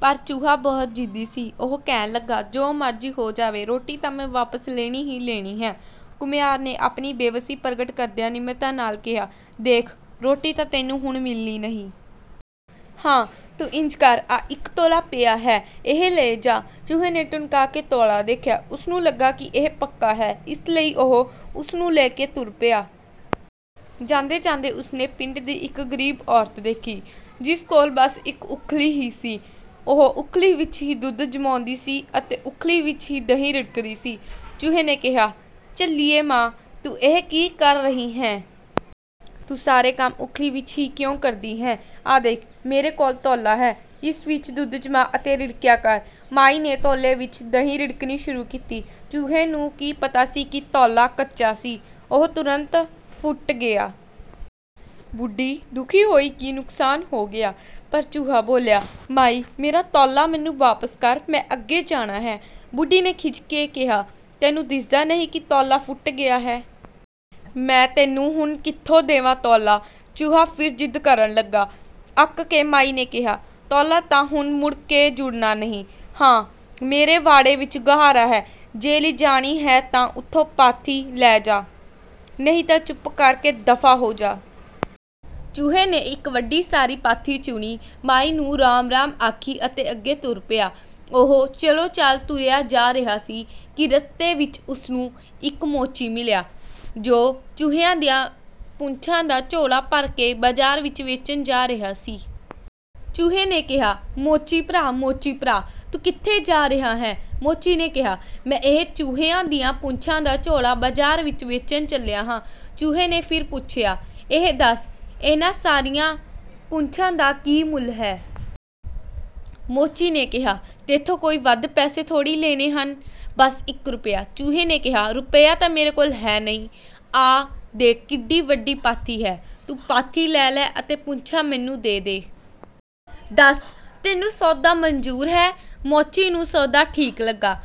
ਪਰ ਚੂਹਾ ਬਹੁਤ ਜ਼ਿੱਦੀ ਸੀ, ਉਹ ਕਹਿਣ ਲੱਗਾ, "ਜੋ ਮਰਜ਼ੀ ਹੋ ਜਾਵੇ, ਰੋਟੀ ਤਾਂ ਮੈਂ ਵਾਪਸ ਲੈਣੀ ਹੀ ਲੈਣੀ ਹੈ।" ਘੁਮਿਆਰ ਨੇ ਆਪਣੀ ਬੇਵਸੀ ਪ੍ਰਗਟ ਕਰਦਿਆਂ ਨਿਮਰਤਾ ਨਾਲ ਕਿਹਾ, "ਦੇਖ, ਰੋਟੀ ਤਾਂ ਤੈਨੂੰ ਹੁਣ ਮਿਲਣੀ ਨਹੀਂ। ਹਾਂ, ਤੂੰ ਇੰਜ ਕਰ, ਆਹ ਇੱਕ ਤੌਲਾ ਪਿਆ ਹੈ, ਇਹ ਲੈ ਜਾ।" ਚੂਹੇ ਨੇ ਟੁਣਕਾ ਕੇ ਤੌਲਾ ਦੇਖਿਆ, ਉਸ ਨੂੰ ਲੱਗਾ ਕਿ ਇਹ ਪੱਕਾ ਹੈ, ਇਸ ਲਈ ਉਹ ਉਸ ਨੂੰ ਲੈ ਕੇ ਤੁਰ ਪਿਆ। ਜਾਂਦੇ-ਜਾਂਦੇ ਉਸ ਨੇ ਪਿੰਡ ਦੀ ਇੱਕ ਗ਼ਰੀਬ ਔਰਤ ਦੇਖੀ, ਜਿਸ ਕੋਲ ਬਸ ਇੱਕ ਉੱਖਲੀ ਹੀ ਸੀ। ਉਹ ਉੱਖਲੀ ਵਿੱਚ ਹੀ ਦੁੱਧ ਜਮਾਉਂਦੀ ਸੀ ਅਤੇ ਉੱਖਲੀ ਵਿੱਚ ਹੀ ਦਹੀਂ ਰਿੜਕਦੀ ਸੀ। ਚੂਹੇ ਨੇ ਕਿਹਾ, "ਝੱਲੀਏ ਮਾਂ, ਤੂੰ ਇਹ ਕੀ ਕਰ ਰਹੀ ਹੈਂ? ਤੂੰ ਸਾਰੇ ਕੰਮ ਉੱਖਲੀ ਵਿੱਚ ਹੀ ਕਿਉਂ ਕਰਦੀ ਹੈਂ? ਆਹ ਦੇਖ, ਮੇਰੇ ਕੋਲ ਤੌਲਾ ਹੈ, ਇਸ ਵਿੱਚ ਦੁੱਧ ਜਮਾ ਅਤੇ ਰਿੜਕਿਆ ਕਰ।" ਮਾਈ ਨੇ ਤੌਲੇ ਵਿੱਚ ਦਹੀਂ ਰਿੜਕਣੀ ਸ਼ੁਰੂ ਕੀਤੀ। ਚੂਹੇ ਨੂੰ ਕੀ ਪਤਾ ਸੀ ਕਿ ਤੌਲਾ ਕੱਚਾ ਸੀ, ਉਹ ਤੁਰੰਤ ਫੁੱਟ ਗਿਆ। ਬੁੱਢੀ ਦੁਖੀ ਹੋਈ ਕਿ ਨੁਕਸਾਨ ਹੋ ਗਿਆ, ਪਰ ਚੂਹਾ ਬੋਲਿਆ, "ਮਾਈ, ਮੇਰਾ ਤੌਲਾ ਮੈਨੂੰ ਵਾਪਸ ਕਰ, ਮੈਂ ਅੱਗੇ ਜਾਣਾ ਹੈ।" ਬੁੱਢੀ ਨੇ ਖਿਝ ਕੇ ਕਿਹਾ, "ਤੈਨੂੰ ਦਿਸਦਾ ਨਹੀਂ ਕਿ ਤੌਲਾ ਫੁੱਟ ਗਿਆ ਹੈ? ਮੈਂ ਤੈਨੂੰ ਹੁਣ ਕਿੱਥੋਂ ਦੇਵਾਂ ਤੌਲਾ?" ਚੂਹਾ ਫਿਰ ਜ਼ਿੱਦ ਕਰਨ ਲੱਗਾ। ਅੱਕ ਕੇ ਮਾਈ ਨੇ ਕਿਹਾ, "ਤੌਲਾ ਤਾਂ ਹੁਣ ਮੁੜ ਕੇ ਜੁੜਨਾ ਨਹੀਂ। ਹਾਂ, ਮੇਰੇ ਵਾੜੇ ਵਿੱਚ ਗੁਹਾਰਾ ਹੈ, ਜੇ ਲਿਜਾਣੀ ਹੈ ਤਾਂ ਉੱਥੋਂ ਪਾਥੀ ਲੈ ਜਾ, ਨਹੀਂ ਤਾਂ ਚੁੱਪ ਕਰ ਕੇ ਦਫ਼ਾ ਹੋ ਜਾ।" ਚੂਹੇ ਨੇ ਇੱਕ ਵੱਡੀ ਸਾਰੀ ਪਾਥੀ ਚੁਣੀ, ਮਾਈ ਨੂੰ ਰਾਮ-ਰਾਮ ਆਖੀ ਅਤੇ ਅੱਗੇ ਤੁਰ ਪਿਆ। ਉਹ ਚਲੋ-ਚਾਲ ਤੁਰਿਆ ਜਾ ਰਿਹਾ ਸੀ ਕਿ ਰਸਤੇ ਵਿੱਚ ਉਸ ਨੂੰ ਇੱਕ ਮੋਚੀ ਮਿਲਿਆ, ਜੋ ਚੂਹਿਆਂ ਦੀਆਂ ਪੂਛਾਂ ਦਾ ਝੋਲਾ ਭਰ ਕੇ ਬਾਜ਼ਾਰ ਵਿੱਚ ਵੇਚਣ ਜਾ ਰਿਹਾ ਸੀ। ਚੂਹੇ ਨੇ ਕਿਹਾ, "ਮੋਚੀ ਭਰਾ, ਮੋਚੀ ਭਰਾ! ਤੂੰ ਕਿੱਥੇ ਜਾ ਰਿਹਾ ਹੈਂ?" ਮੋਚੀ ਨੇ ਕਿਹਾ, "ਮੈਂ ਇਹ ਚੂਹਿਆਂ ਦੀਆਂ ਪੂਛਾਂ ਦਾ ਝੋਲਾ ਬਾਜ਼ਾਰ ਵਿੱਚ ਵੇਚਣ ਚੱਲਿਆ ਹਾਂ।" ਚੂਹੇ ਨੇ ਫਿਰ ਪੁੱਛਿਆ, "ਇਹ ਦੱਸ, ਇਹਨਾਂ ਸਾਰੀਆਂ ਪੂਛਾਂ ਦਾ ਕੀ ਮੁੱਲ ਹੈ?" ਮੋਚੀ ਨੇ ਕਿਹਾ, "ਤੈਥੋਂ ਕੋਈ ਵੱਧ ਪੈਸੇ ਥੋੜ੍ਹੀ ਲੈਣੇ ਹਨ, ਬਸ ਇੱਕ ਰੁਪਿਆ।" ਚੂਹੇ ਨੇ ਕਿਹਾ, "ਰੁਪਿਆ ਤਾਂ ਮੇਰੇ ਕੋਲ ਹੈ ਨਹੀਂ, ਆਹ ਦੇਖ ਕਿੱਡੀ ਵੱਡੀ ਪਾਥੀ ਹੈ। ਤੂੰ ਪਾਥੀ ਲੈ ਲੈ ਅਤੇ ਪੂਛਾਂ ਮੈਨੂੰ ਦੇ ਦੇ। ਦੱਸ, ਤੈਨੂੰ ਸੌਦਾ ਮਨਜ਼ੂਰ ਹੈ?" ਮੋਚੀ ਨੂੰ ਸੌਦਾ ਠੀਕ ਲੱਗਾ,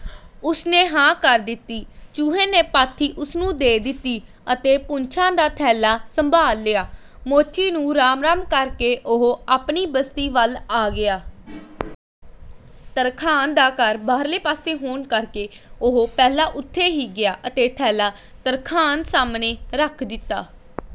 ਉਸ ਨੇ ਹਾਂ ਕਰ ਦਿੱਤੀ। ਚੂਹੇ ਨੇ ਪਾਥੀ ਉਸ ਨੂੰ ਦੇ ਦਿੱਤੀ ਅਤੇ ਪੂਛਾਂ ਦਾ ਥੈਲਾ ਸੰਭਾਲ ਲਿਆ। ਮੋਚੀ ਨੂੰ ਰਾਮ-ਰਾਮ ਕਰ ਕੇ ਉਹ ਆਪਣੀ ਬਸਤੀ ਵੱਲ ਆ ਗਿਆ। ਤਰਖਾਣ ਦਾ ਘਰ ਬਾਹਰਲੇ ਪਾਸੇ ਹੋਣ ਕਰਕੇ ਉਹ ਪਹਿਲਾਂ ਉੱਥੇ ਹੀ ਗਿਆ ਅਤੇ ਥੈਲਾ ਤਰਖਾਣ ਸਾਹਮਣੇ ਰੱਖ ਦਿੱਤਾ।